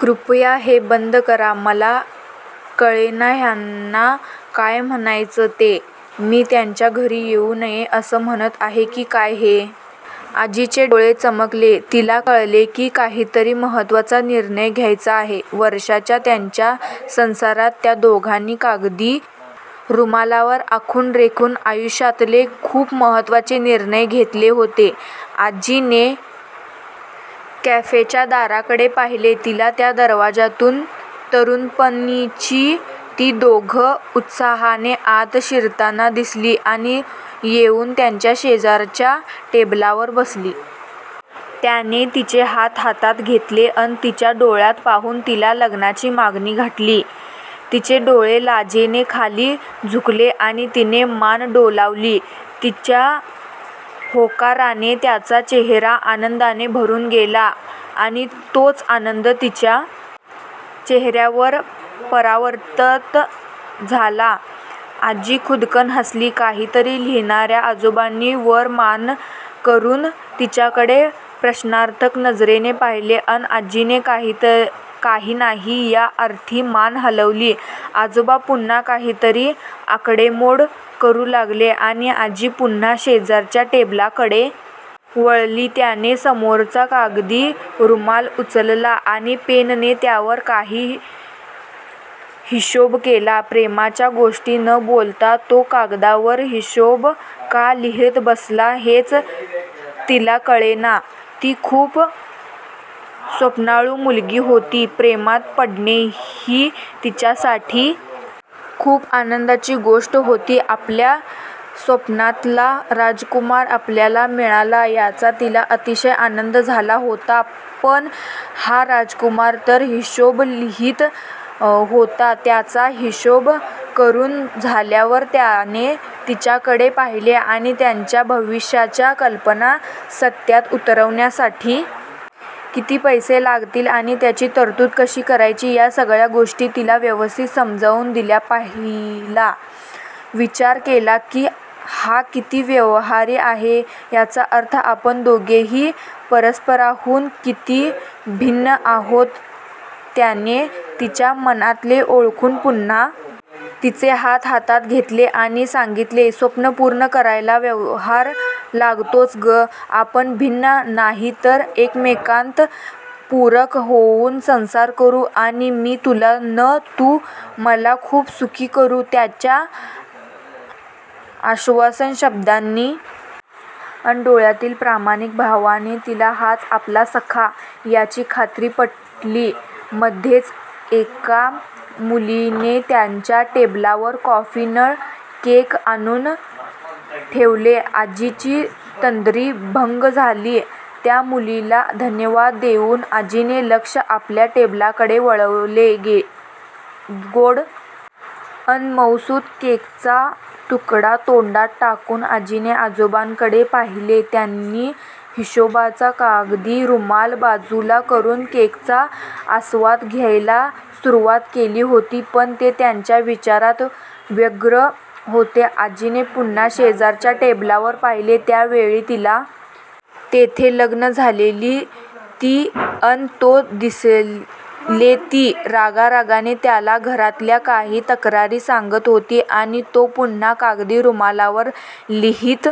कृपया हे बंद करा. "मला कळेना ह्यांना काय म्हणायचय ते. मी त्यांच्या घरी येऊ नये असं म्हणत आहे कि काय हे?. आजीचे डोळे चमकले, तिला कळले कि काहीतरी महत्वाचा निर्णय घ्यायचा आहे, वर्षाच्या त्यांच्या संसारात त्या दोघांनी कागदी रुमालावर आखून रेखून आयुष्यातले खूप महत्वाचे निर्णय घेतले होतेआजी ने कॅफेच्या दाराकडे पाहिले, तिला त्या दारातून तरुणपणीची ती दोघं उत्साहाने आत शिरताना दिसलीआणि येउन त्यांच्या शेजारच्या टेबलवर बसली.. त्याने तिचे हात हातात घेतले अन तिच्या डोळ्यात पाहून तिला लग्नाची मागणी घातली, तिचे डोळे लाजेने खाली झुकले आणि तिने मान डोलावली, तिच्या होकाराने त्याचा चेहेरा आनंदाने भरून गेला आणि तोच आनंद तिच्या चेहेऱ्यावर परावर्तित झालाआजी खुदकन हसली, काहीतरी लिहिणाऱ्या आजोबांनी वर मान करून तिच्याकडे प्रश्नार्थक नजरेने पाहिले, अन आजीने काही नाही या अर्थी मान हलवली, आजोबा पुन्हा काहीतरी आकडेमोड करू लागलेआणि आजी पुन्हा शेजारच्या टेबलकडे वळलीत्याने समोरचा कागदी रुमाल उचलला आणि पेनने त्यावर काही हिशोब केला, प्रेमाच्या गोष्टी न बोलता तो कागदावर हिशोब का लिहित बसला हेच तिला कळेना, ती खूप स्वप्नाळू मुलगी होती, प्रेमात पडणे ही तिच्यासाठी खूप आनंदाची गोष्ट होती, आपल्या स्वप्नातला राजकुमार आपल्याला मिळाला याचा तिला अतिशय आनंद झाला होतापण हा राजकुमार तर हिशोब लिहित होतात्याचा हिशोब करून झाल्यावर त्याने तिच्याकडे पाहिले आणि त्यांच्या भविष्याच्या कल्पना सत्यात उतरवण्यासाठी किती पैसे लागतील आणि त्याची तरतूद कशी करायची या सगळ्या गोष्टी तिला व्यवस्थित समजावून दिल्यापहिला विचार आला कि "हा किती व्यवहारी आहे"याचा अर्थ आपण दोघेही परस्परांहून किती भिन्न आहोतत्याने तिच्या मनातले ओळखून पुन्हा तिचे हात हातात घेतले आणि सांगितले," स्वप्न पूर्ण करायला व्यवहार लागतोच ग, आपण भिन्न नाही तर एकमेकांना पूरक होऊन संसार करू, आणि मी तुला न तू मला खूप सुखी करू" त्याच्या आश्वासक शब्दांनी अन डोळ्यातील प्रामाणिक भावाने तिला हाच आपला सखा याची खात्री पटलीमध्येच एका मुलीने त्यांच्या टेबलवर कॉफी न केक आणून ठेवले, आजीची तंद्री भंग झाली, त्या मुलीला धन्यवाद देऊन आजीने लक्ष आपल्या टेबलकडे वळवलेगोड अन मऊसुत केकचा तुकडा तोंडात टाकून आजीने आजोबांकडे पाहिले, त्यांनी हिशोबाचा कागदी रुमाल बाजूला करून केकचा आस्वाद घ्यायला सुरुवात केली होती पण ते त्यांच्या विचारात व्यग्र होतेआजीने पुन्हा शेजारच्या टेबलवर पाहिले, यावेळी तिला तेथे लग्न झालेली ती अन तो दिसलेती रागारागाने त्याला घरातल्या काही तक्रारी सांगत होती आणि तो पुन्हा कागदी रुमालावर लिहित